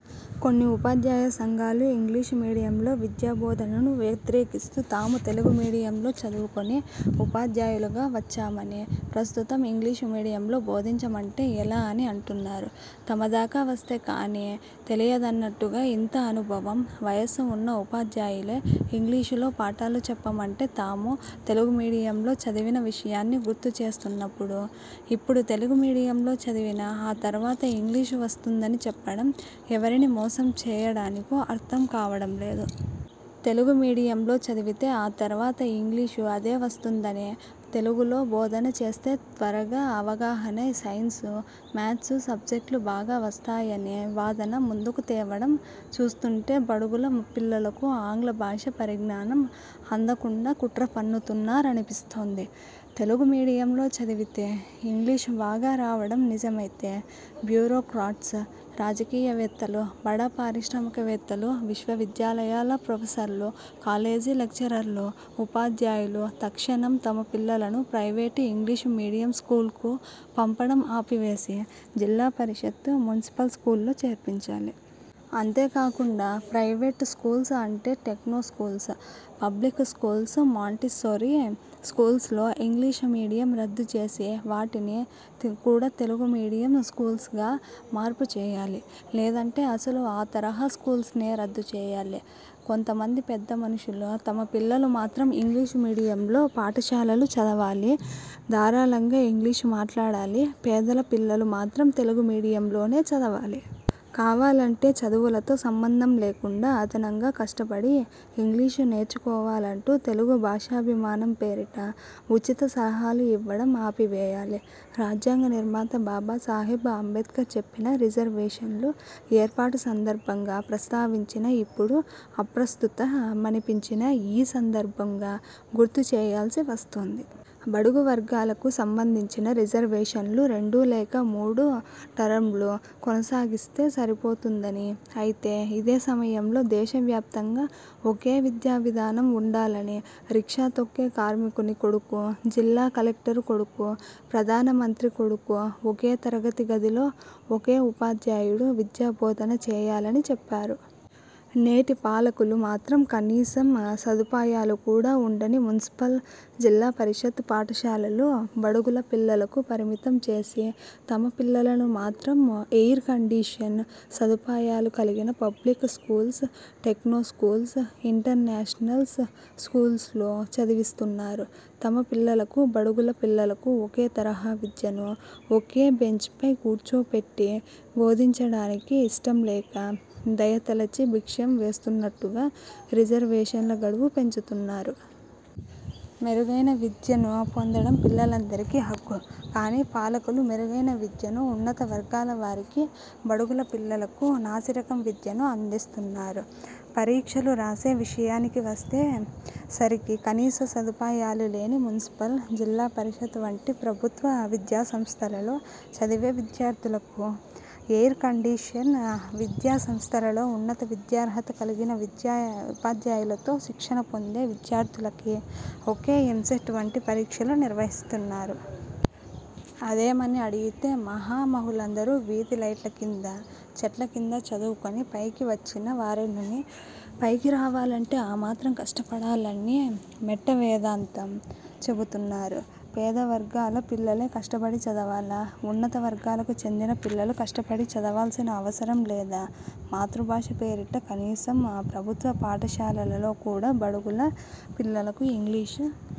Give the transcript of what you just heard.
కొన్ని ఉపాధ్యాయ సంఘాలు ఇంగ్లీషు మీడియంలో విద్యా బోధనను వ్యతిరేకిస్తూ తాము తెలుగు మీడియంలో చదువుకొని ఉపాధ్యాయులుగా వచ్చామని, ప్రస్తుతం ఇంగ్లీషు మీడియంలో బోధించమంటే ఎలా అని అంటున్నారు. తమదాకా వస్తే కానీ తెలియదన్నట్టుగా ఇంత అనుభవం, వయస్సు వున్న ఉపాధ్యాయులే ఇంగ్లీషు లో పాఠాలు చెప్పమంటే తాము తెలుగుమీడియంలో చదివిన విషయాన్ని గుర్తు చేస్తున్నప్పుడు ఇప్పుడు తెలుగు మీడియంలో చదివినా ఆ తర్వాత ఇంగ్లీషు వస్తుందని చెప్పడం ఎవరిని మోసం చేయడానికో అర్థం కావడం లేదు. తెలుగు మీడియంలో చదివితే ఆ తర్వాత ఇంగ్లీషు అదే వస్తుందనే, తెలుగులో భోధన చేస్తే త్వరగా అవగాహనై సైన్స్, మ్యాథ్స్ సబ్జెక్ట్లు బాగా వస్తాయనే వాదన ముందుకు తేవడం చూస్తుంటే బడుగుల పిల్లలకు ఆంగ్ల భాష పరిజ్ఞానం అందకుండా కుట్రపన్నుతున్నారనిపిస్తోంది. తెలుగు మీడియంలో చదివితే ఇంగ్లీషు బాగా రావడం నిజమైతే బ్యూరోక్రాట్స్, రాజకీయవేత్తలు, బడా పారిశ్రామిక వేత్తలు, విశ్వ విద్యాలయాల ప్రొఫెసర్లు, కాలేజీ లెక్చరర్లు, ఉపాధ్యాయులు తక్షణం తమ పిల్లలను ప్రైవేటు ఇంగ్లీషు మీడియం స్కూల్స్కు పంపడం ఆపివేసి, జిల్లా పరిషత్, మున్సిపల్ స్కూల్స్లో చేర్పించాలి. అంతే కాకుండా ప్రైవేట్ స్కూల్స్అంటే techno schools, public schools, Montessori స్కూల్స్లో ఇంగ్లీషు మీడియం రద్దు చేసి వాటిని కూడా తెలుగు మీడియం స్కూల్స్గా మార్పు చేయాలి. లేదంటే అసలు ఆ తరహా స్కూల్స్నే రద్దు చేయాలి. కొంత మంది పెద్ద మనుషులు తమ పిల్లలు మాత్రం ఇంగ్లీషు మీడియంలొ పాఠశాలలో చదవాలి, ధారాళంగా ఇంగ్లీషు మాట్లాడాలి, పేదల పిల్లలు మాత్రం తెలుగు మీడియం లోనే చదవాలి. కావాలంటే చదువులతో సంబంధం లేకుండా అదనంగా కష్టపడి ఇంగ్లీషు నేర్చుకోవాలంటూ తెలుగు భాషాభిమానం పేరిట ఉచిత సలహాలు ఇవ్వడం ఆపివేయాలి. రాజ్యాంగ నిర్మాత బాబా సాహెబ్ అంబేడ్కర్ చెప్పిన రిజర్వేషన్లు ఏర్పాటు సందర్భంగా ప్రస్తావించిన ఇప్పుడు అప్రస్తుత మనిపించినా ఈ సందర్భంగా గుర్తు చేయాల్సి వస్తోంది. బడుగు వర్గాలకు సంబంధించిన రిజర్వేషన్లు రెండు లేక మూడు టరమ్లు కొనసాగిస్తే సరిపోతుందని, అయితే ఇదే సమయంలో దేశవ్యాప్తంగా ఒకే విద్యావిధానం వుండాలని, రిక్షా తొక్కే కార్మికుని కొడుకు, జిల్లా కలెక్టరు కొడుకు, ప్రధాన మంత్రి కొడుకు ఒకే తరగతి గదిలో, ఒకే ఉపాధ్యాయుడు విద్యాబోధన చేయాలని చెప్పారు. నేటి పాలకులు మాత్రం కనీసం సదుపాయాలు కూడా వుండని మున్సిపల్, జిల్లా పరిషత్ పాఠశాలలు బడుగుల పిల్లలకు పరిమితం చేసి తమ పిల్లలను మాత్రం ఎయిర్ కండిషన్ సదుపాయాలు కలిగిన పబ్లిక్ స్కూల్స్, టెక్నోస్కూల్స్, ఇంటర్నేషనల్స్ స్కూల్స్లో చదివిస్తున్నారు. తమ పిల్లలకు, బడుగుల పిల్లలకు ఒకే తరహా విద్యను, ఒకే బెంచ్పై కూర్చోపెట్టి బోధించడానికి ఇష్టం లేక దయ తలచి భిక్షం వేస్తున్నట్టుగా రిజర్వేషన్ల గడువు పెంచుతున్నారు. మెరుగైన విద్యను పొందడం పిల్లలందరి హక్కు. కానీ పాలకులు మెరుగైన విద్యను ఉన్నత వర్గాల వారికి, బడుగుల పిల్లలకు నాసి రకం విద్యను అందిస్తున్నారు. పరీక్షలు రాసే విషయానికి వచ్చే సరికి కనీస సదుపాయాలు లేని మున్సిపల్, జిల్లా పరిషత్ వంటి ప్రభుత్వ విద్యాసంస్థలలో చదివే విద్యార్థులకు, ఎయిర్కండిషన్ విద్యా సంస్థలలో, ఉన్నత విద్యార్హత కలిగిన ఉపాధ్యాయులతో శిక్షణ పొందే విద్యార్ధులకి ఒకే ఎంసెట్ వంటి పరీక్షలు నిర్వహిస్తున్నారు. అదేమని అడిగితే మహా మహులందరూ వీధి లైట్ల కింద, చెట్ల కింద చదువుకొని పైకి వచ్చిన వారేనని, పైకి రావాలంటే ఆ మాత్రం కష్టపడాలని మెట్ట వేదాంతం చెబుతున్నారు. పేదవర్గాల పిల్లలే కష్టపడి చదవాలా? ఉన్నత వర్గాలకు చెందిన పిల్లలు కష్టపడి చదవాల్సిన అవసరం లేదా? మాతృభాష పేరిట కనీసం ఆ ప్రభుత్వ పాఠశాలలో కూడా బడుగుల పిల్లలకు ఇంగ్లీషు